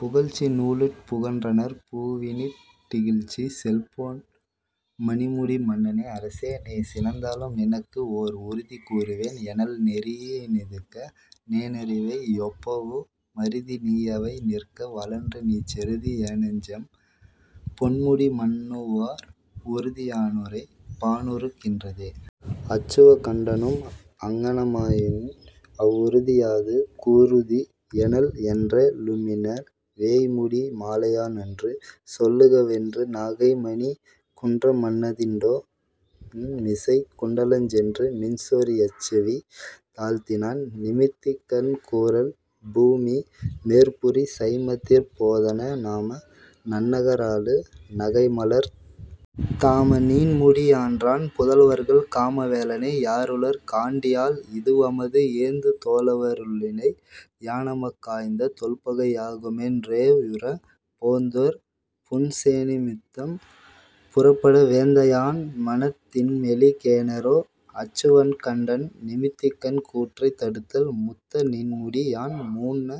புகழ்ச்சி நூலுட் புகன்றனர் பூவினுட் டிகழ்ச்சி செல்பொன் மணிமுடி மன்னனே அரசே! நீ சினந்தாலும் நினக்கு ஓர் உறுதி கூறுவேன் எனல் நெறியி னீதிக்க னேரிவை யொப்பவு மறிதி நீயவை நிற்க வழன்று நீ செறுதி யேனுஞ்செம் பொன்முடி மன்னவோர் உறுதி யானுரைப் பானுறு கின்றதே அச்சுவக்கண்டனும் அங்ஙனமாயின் அவ்வுறுதி யாது கூறுதி எனல் என்ற லும்மிணர் வேய்முடி மாலையா னன்று சொல்லுக வென்று நகைமணிக் குன்ற மன்னதிண் டோ ண்மிசைக் குண்டலஞ் சென்று மின்சொரி யச்செவி தாழ்த்தினான் நிமித்திகன் கூறல் பூமி மேற்புரி சைம்மதிற் போதன நாம நன்னக ராளு நகைமலர்த் தாம நீண்முடி யான்றன் புதல்வர்கள் காம வேளனை யாருளர் காண்டியால் இதுவுமது ஏந்து தோளவ ருள்ளிளை யானமக் காய்ந்த தொல்பகை யாகுமென் றேயுறப் போந்தொர் புன்சொ னிமித்தம் புறப்பட வேந்த யான்மனத் தின்மெலி கேனரோ அச்சுவக்கண்டன் நிமித்திகன் கூற்றைத் தடுத்தல் முத்த நிண்முடி யான்மூன்ன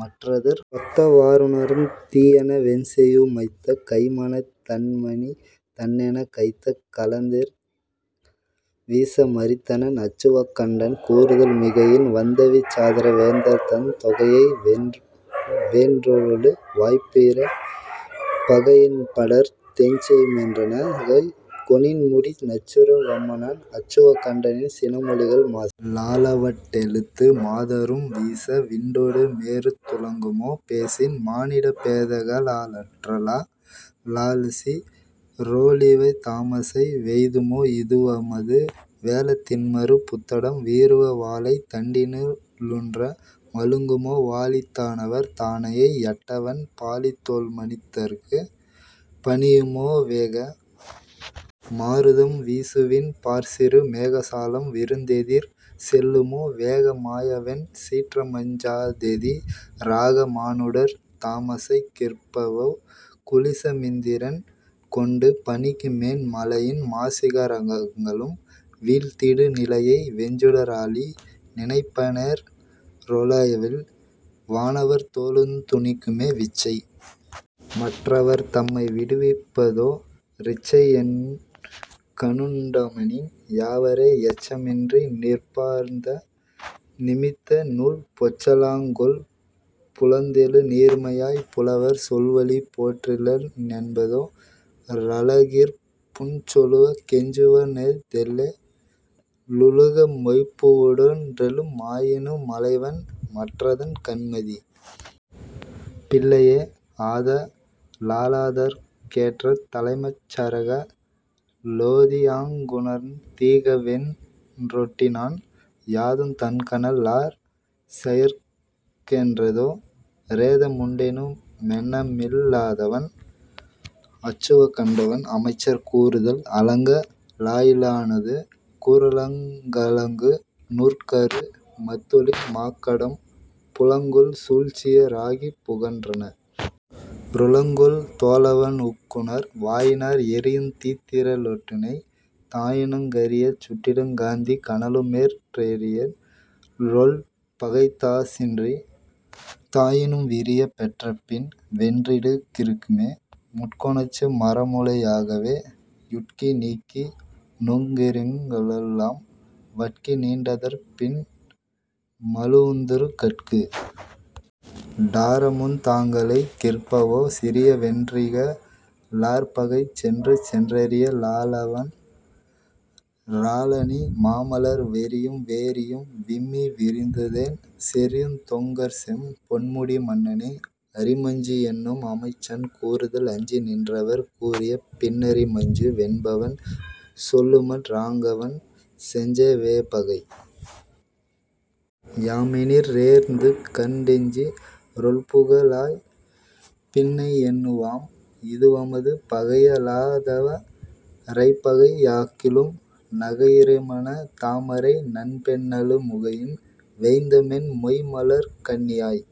மற்றதற் கொத்த வாறுணர்ந் தீயென வென்செயு மைத்த கைமனத் தன்மணித் தன்னெனக் கைத்த லங்கதிர் வீச மறித்தனன் அச்சுவக்கண்டன் கூறுதல் மிகையின் வந்தவிச் சாதர வேந்தர்தந் தொகையை வென்றவென் றோளுள வாப்பிற பகையி னிப்படர்ந் தென்செயு மென்றன னகைகொ ணீண்முடி நச்சர வம்மனான் அச்சுவக்கண்டனின் சினமொழிகள் மாசி லாலவட் டத்தெழு மாதரும் வீச விண்டொடு மேருத் துளங்குமோ பேசின் மானிடப் பேதைக ளாற்றலா லாசி றோளிவை தாமசை வெய்துமோ இதுவுமது வேழத் தின்மருப் புத்தடம் வீறுவ வாழைத் தண்டினு ளூன்ற மழுங்குமோ வாழித் தானவர் தானையை யட்டவென் பாழித் தோள்மனித் தர்க்குப் பணியுமோ வேக மாருதம் வீசவிண் பாற்சிறு மேக சாலம் விரிந்தெதிர் செல்லுமோ வேக மாயவென் சீற்றமஞ் சாதெதி ராக மானுடர் தாமசை கிற்பவோ குலிச மிந்திரன் கொண்டு பணிக்கு மேன் மலையின் மாசிக ரங்களும் வீழ்த்திடு நிலைய வெஞ்சுட ராழி நினைப்பனேற் றொலைவில் வானவர் தோளுந் துணிக்குமே விச்சை மற்றவர் தம்மை விடுப்பதோ ரிச்சை யென்கணுண் டாமெனின் யாவரே யச்ச மின்றி நிற் பாரந் நிமித்த நூல் பொச்ச லாங்கொல் புலந் தெழு நீர்மையாய் புலவர் சொல்வழி போற்றில னென்பதோ ரலகிற் புன்சொலுக் கெஞ்சுவ னல்லதே லுலக மொப்ப வுடன்றெழு மாயினு மலைவன் மற்றதன் கண்மதிப் பில்லையே ஆத லாலாதற் கேற்ற தமைச்சர்க ளோதி யாங்குணர்ந் தீகவென் றொட்டினான் யாதுந் தன்கணல் லார்செயற் கேன்றதோ ரேத முண்டெனு மெண்ணமில் லாதவன் அச்சுவக் கண்டன் அமைச்சர் கூறுதல் அலங்க லாழியி னானது கூறலுங் கலங்கு நூற்கரு மத்தொழின் மாக்கடம் புலங்கொள் சூழ்ச்சிய ராகிப் புகன்றன ருலங்கொள் தோளவ னுக்குணர் வாயினார் எரியுந் தீத்திர ளெட்டுணைத் தாயினுங் கரியச் சுட்டிடுங் காந்திக் கனலுமேற் றெரியிற் றொல்பகை தான்சிறி தாயினும் விரியப் பெற்றபின் வென்றிடு கிற்குமே முட்கொணச்சு மரமுளை யாகவே யுட்கி நீக்கி னுகிரினுங் கொல்லலாம் வட்கி நீண்டதற் பின் மழு வுந்தறு கட்கு டாரமுந் தாங்களை கிற்பவோ சிறிய வென்றிக ழார்பகை சென்றுசென் றறிய லாவவன் றாலணி மாமலர் வெறியும் வேரியும் விம்மி விரிந்துதேன் செறியுந் தொங்கற்செம் பொன்முடி மன்னனே அரிமஞ்சு என்னும் அமைச்சன் கூறுதல் அஞ்சி நின்றவர் கூறிய பின்னரி மஞ்சு வென்பவன் சொல்லுமற் றாங்கவன் செஞ்செ வேபகை யாமெனிற் றேர்ந்துகண் டெஞ்சி றொல்புக ழாய்பின்னை யெண்ணுவாம் இதுவுமது பகைய லாதவ ரைப்பகை யாக்கலும் நகையி றீமனத் தாமரை நண் பெண்ணலு முகையின் வேய்ந்தமென் மொய்ம்மலர்க் கண்ணியாய்